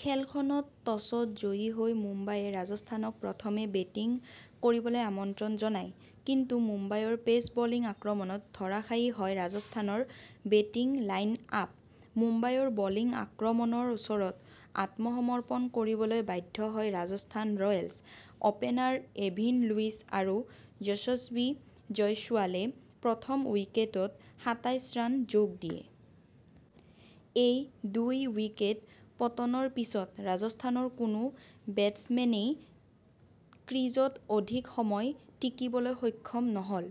খেলখনত টছত জয়ী হৈ মুম্বায়ে ৰাজস্থানক প্ৰথমে বেটিং কৰিবলৈ আমন্ত্ৰণ জনায়। কিন্তু মুম্বাইৰ পেচ বলিং আক্ৰমণত ধৰাশায়ী হয় ৰাজস্থানৰ বেটিং লাইন-আপ। মুম্বাইৰ বলিং আক্ৰমণৰ ওচৰত আত্মসমৰ্পণ কৰিবলৈ বাধ্য হয় Rajasthan Royals. Opener Evin Lewis আৰু যশস্বী জয়ছোৱালে প্ৰথম উইকেটত সাতাইশ ৰান যোগ দিয়ে। এই দুই উইকেট পতনৰ পিছত ৰাজস্থানৰ কোনো বেটচমেনেই ক্ৰীজত অধিক সময় টিকিবলৈ সক্ষম নহ'ল।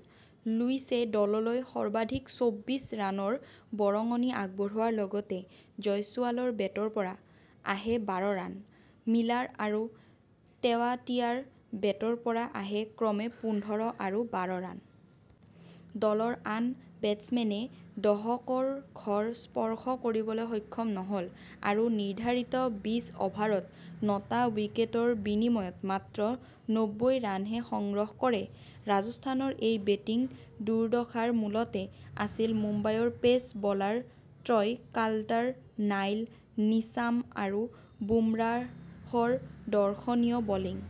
লুইছে দললৈ সৰ্বাধিক চৌব্বিশ ৰানৰ বৰঙণি আগবঢ়োৱাৰ লগতে জয়ছোৱালৰ বেটৰ পৰা আহে বাৰ ৰান। মিলাৰ আৰু টেৱাটিয়াৰ বেটৰ পৰা আহে ক্ৰমে পোন্ধৰ আৰু বাৰ ৰান। দলৰ আন বেটচমেনে দহকৰ ঘৰ স্পৰ্শ কৰিবলৈ সক্ষম নহ'ল আৰু নিৰ্ধাৰিত বিছ অভাৰত নটা উইকেটৰ বিনিময়ত মাত্ৰ নব্বৈ ৰানহে সংগ্ৰহ কৰে। ৰাজস্থানৰ এই বেটিং দুৰ্দশাৰ মূলতে আছিল মুম্বাইৰ পেচ বলাৰত্ৰয় কাল্টাৰ-নাইল, নিছাম আৰু বুমৰাহৰ দৰ্শনীয় বলিং।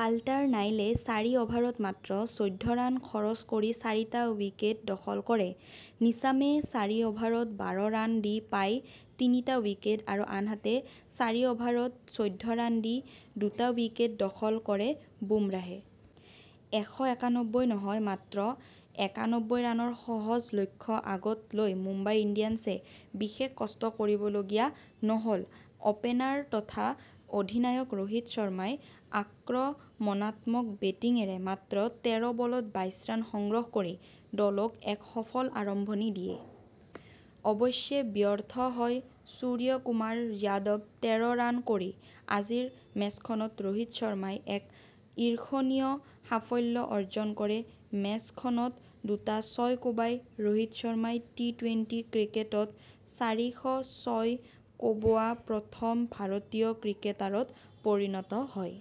কাল্টাৰ-নাইলে চাৰি অভাৰত মাত্ৰ চৈধ্য ৰান খৰচ কৰি চাৰিটা উইকেট দখল কৰে। নিছামে চাৰি অভাৰত বাৰ ৰান দি পায় তিনিটা উইকেট আৰু আনহাতে চাৰি অভাৰত চৈধ্য ৰান দি দুটা উইকেট দখল কৰে বুমৰাহে। এশ একানব্বৈ নহয়, মাত্ৰ একানব্বৈ ৰানৰ সহজ লক্ষ্য আগত লৈ মুম্বাই ইণ্ডিয়ানছে বিশেষ কষ্ট কৰিবলগীয়া নহ'ল। অপেনাৰ তথা অধিনায়ক ৰোহিত শৰ্মাই আক্ৰমণাত্মক বেটিঙেৰে মাত্ৰ তেৰ বলত বাইশ ৰান সংগ্ৰহ কৰি দলক এক সফল আৰম্ভণি দিয়ে। অৱশ্যে ব্যৰ্থ হয় সূৰ্যকুমাৰ যাদৱ তেৰ ৰান কৰি। আজিৰ মেচখনত ৰোহিত শৰ্মাই এক ঈৰ্ষণীয় সাফল্য অৰ্জন কৰে। মেচখনত দুটা ছয় কোবাই ৰোহিত শৰ্মাই টি-টুৱেন্টি ক্ৰিকেটত চাৰিশ ছয় কোবোৱা প্ৰথম ভাৰতীয় ক্ৰিকেটাৰত পৰিণত হয়।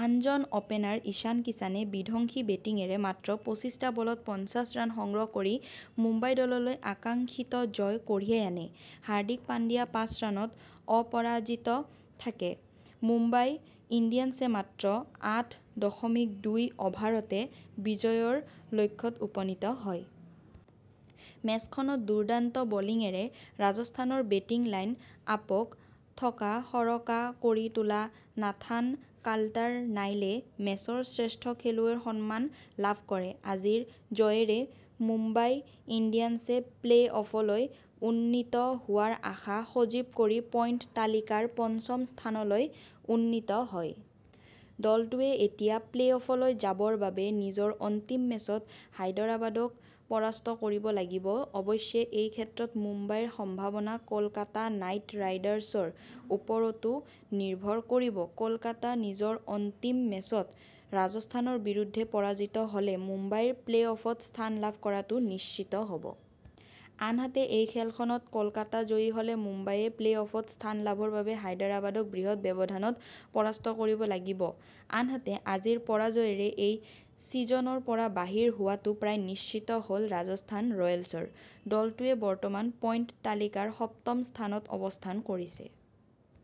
আনজন অপেনাৰ ঈশান কিষাণে বিধ্বংসী বেটিঙেৰে মাত্ৰ পঁচিশটা বলত পঞ্চাশ ৰান সংগ্ৰহ কৰি মুম্বাই দললৈ আকাংক্ষিত জয় কঢ়িয়াই আনে। হাৰ্দিক পাণ্ডিয়া পাঁচ ৰানত অপৰাজিত থাকে। মুম্বাই ইণ্ডিয়ানছে মাত্ৰ আঠ দশমিক দুই অভাৰতে বিজয়ৰ লক্ষ্যত উপনীত হয়। মেচখনত দুৰ্দান্ত বলিঙেৰে ৰাজস্থানৰ বেটিং লাইন-আপক থকাসৰকা কৰি তোলা নাথান কাল্টাৰ-নাইলে মেচৰ শ্ৰেষ্ঠ খেলুৱৈৰ সন্মান লাভ কৰে। আজিৰ জয়েৰে মুম্বাই ইণ্ডিয়ানছে প্লে-অফলৈ উন্নীত হোৱাৰ আশা সজীৱ কৰি পইণ্ট তালিকাৰ পঞ্চম স্থানলৈ উন্নীত হয়। দলটোৱে এতিয়া প্লে-অফলৈ যাবৰ বাবে নিজৰ অন্তিম মেচত হায়দৰাবাদক পৰাস্ত কৰিব লাগিব। অৱশ্যে এইক্ষেত্ৰত মুম্বাইৰ সম্ভাৱনা কলকাতা নাইট ৰাইডাৰ্ছৰ ওপৰতো নিৰ্ভৰ কৰিব। কলকাতা নিজৰ অন্তিম মেচত ৰাজস্থানৰ বিৰুদ্ধে পৰাজিত হ'লে মুম্বাইৰ প্লে-অফত স্থান লাভ কৰাটো নিশ্চিত হ'ব। আনহাতে এই খেলখনত কলকাতা জয়ী হ'লে মুম্বায়ে প্লে-অফত স্থান লাভৰ বাবে হায়দৰাবাদক বৃহৎ ব্যৱধানত পৰাস্ত কৰিব লাগিব। আনহাতে আজিৰ পৰাজয়েৰে এই ছিজনৰ পৰা বাহিৰ হোৱাটো প্ৰায় নিশ্চিত হ'ল ৰাজস্থান ৰয়েলছৰ। দলটোৱে বৰ্তমান পইন্ট তালিকাৰ সপ্তম স্থানত অৱস্থান কৰিছে।